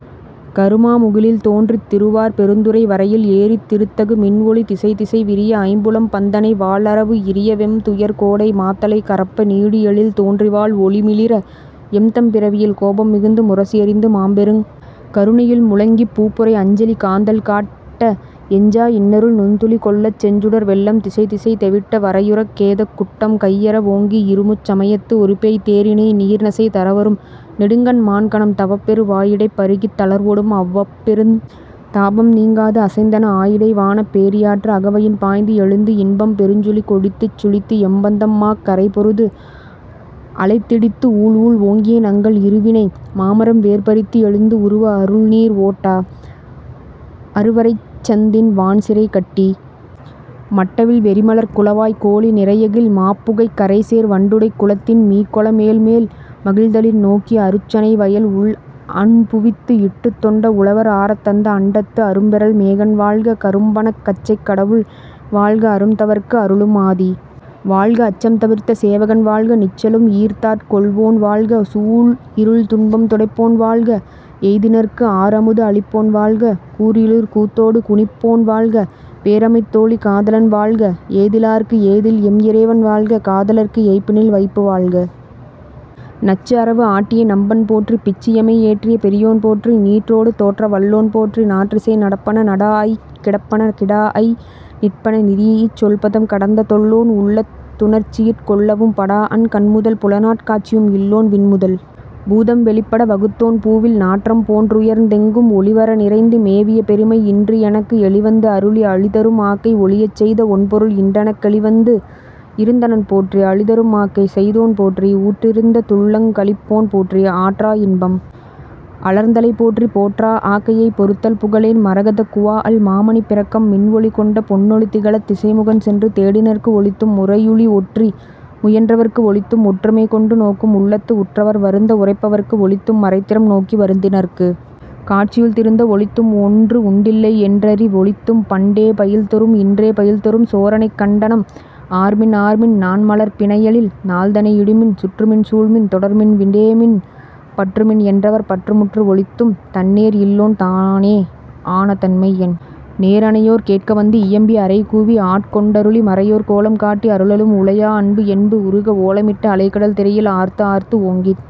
கருமா முகிலில் தோன்றித் திருவார் பெருந்துறை வரையில் ஏறித் திருத்தகு மின்ஒளி திசைதிசை விரிய ஐம்புலம் பந்தனை வாள்அரவு இரிய வெம் துயர் கோடை மாத்தலை கரப்ப நீடு எழில் தோன்றி வாள் ஒளி மிளிர எம்தம் பிறவியில் கோபம் மிகுந்து முரசு ஏறிந்து மாப்பெருங் கருணையில் முழங்கிப் பூப்புரை அஞ்சலி காந்தள் காட்ட எஞ்சா இன்னருள் நுண்துளி கொள்ளச் செஞ்சுடர் வெள்ளம் திசைதிசை தெவிட்ட வரையுறக் கேதக் குட்டம் கையற வோங்கி இருமுச் சமயத்து ஒரு பேய்த் தேரினை நீர்நசை தரவரும் நெடுங்கண் மான்கணம் தவப்பெரு வாயிடைப் பருகித் தளர்வொடும் அவப்பெருந் தாபம் நீங்காது அசைந்தன ஆயிடை வானப் பேரியாற்று அகவயின் பாய்ந்து எழுந்து இன்பம் பெருஞ்சுழி கொழித்துச் சுழித்து எம்பந்தம் மாக் கரைபொருது அலைத்திடித்து ஊழ் ஊழ் ஓங்கிய நங்கள் இருவினை மாமரம் வேர் பறித்து எழுந்து உருவ அருள்நீர் ஓட்டா அருவரைச் சந்தின் வான்சிறை கட்டி மட்டவிழ் வெறிமலர்க் குளவாய் கோலி நிறையகில் மாப்புகைக் கரைசேர் வண்டுடைக் குளத்தின் மீக்கொள மேல்மேல் மகிழ்தலின் நோக்கி அருச்சனை வயல் உள் அன்புவித்து இட்டுத் தொண்ட உழவர் ஆரத் தந்த அண்டத்து அரும்பெறல் மேகன் வாழ்க கரும்பணக் கச்சைக் கடவுள் வாழ்க அரும்தவர்ககு அருளும் ஆதி வாழ்க அச்சம் தவிர்த்த சேவகன் வாழ்க நிச்சலும் ஈர்த்தாட் கொள்வோன் வாழ்க சூழ்இருள் துன்பம் துடைப்போன் வாழ்க எய்தினர்க்கு ஆர்அமுது அளிப்போன் வாழ்க கூர்இருள் கூத்தொடு குனிப்போன் வாழ்க பேர்அமைத் தோளி காதலன் வாழ்க ஏதிலார்ககு ஏதில்எம் இறைவன் வாழ்க காதலர்க்கு எய்ப்பினில் வைப்பு வாழ்க நச்சு அரவு ஆட்டிய நம்பன் போற்றி பிச்சு எமை ஏற்றிய பெரியோன் போற்றி நீற்றொடு தோற்ற வல்லோன் போற்றி நாற்றிசை நடப்பன நடாஅய்க் கிடப்பன கிடாஅய் நிற்பன நிறீஇச் சொல்பதம் கடந்த தொல்லோன் உள்ளத் துணர்ச்சியிற் கொள்ளவும் படாஅன் கண்முதல் புலனாற் காட்சியும் இல்லோன் விண்முதல் பூதம் வெளிப்பட வகுத்தோன் பூவில் நாற்றம் போன்றுயர்ந் தெங்கும் ஒழிவற நிறைந்து மேவிய பெருமை இன்று எனக்கு எளிவந்து அருளி அழிதரும் ஆக்கை ஒழியச்செய்த ஒண்பொருள் இன்றெனக் கெளிவந்து இருந்தனன் போற்றி அளிதரும் ஆக்கை செய்தோன் போற்றி ஊற்றிருந்த துள்ளங் களிப்போன் போற்றி ஆற்றா இன்பம் அலர்ந்தலை போற்றி போற்றா ஆக்கையைப் பொறுத்தல் புகலேன் மரகதக் குவாஅல் மாமணிப் பிறக்கம் மின்ஒளி கொண்ட பொன்னொளி திகழத் திசைமுகன் சென்று தேடினர்க்கு ஒளித்தும் முறையுளி ஒற்றி முயன்றவர்க்கு ஒளித்தும் ஒற்றுமை கொண்டு நோக்கும் உள்ளத்து உற்றவர் வருந்த உறைப்பவர்க்கு ஒளித்தும் மறைத்திறம் நோக்கி வருந்தினர்க்கு காட்சியுள் திருந்த ஒளித்தும் ஒன்று உண்டில்லை யென்றறி வொளித்தும் பண்டே பயில்தொறும் இன்றே பயில்தொறும் சோரனைக் கண்டனம் ஆர்மின் ஆர்மின் நாண்மலர்ப் பிணையலில் தாள்தனை இடுமின் சுற்றுமின் சூழ்மின் தொடர்மின் விடேன்மின் பற்றுமின் என்றவர் பற்றுமுற்று ஒளித்தும் தன்நேர் இல்லோன் தானே ஆன தன்மை என் நேர் அனையோர் கேட்கவந்து இயம்பி அறைகூவி ஆட்கொண்டருளி மறையோர் கோலம் காட்டி அருளலும் உலையா அன்பு என்பு உருக ஓலமிட்டு அலைகடல் திரையில் ஆர்த்து ஆர்த்து ஓங்கித்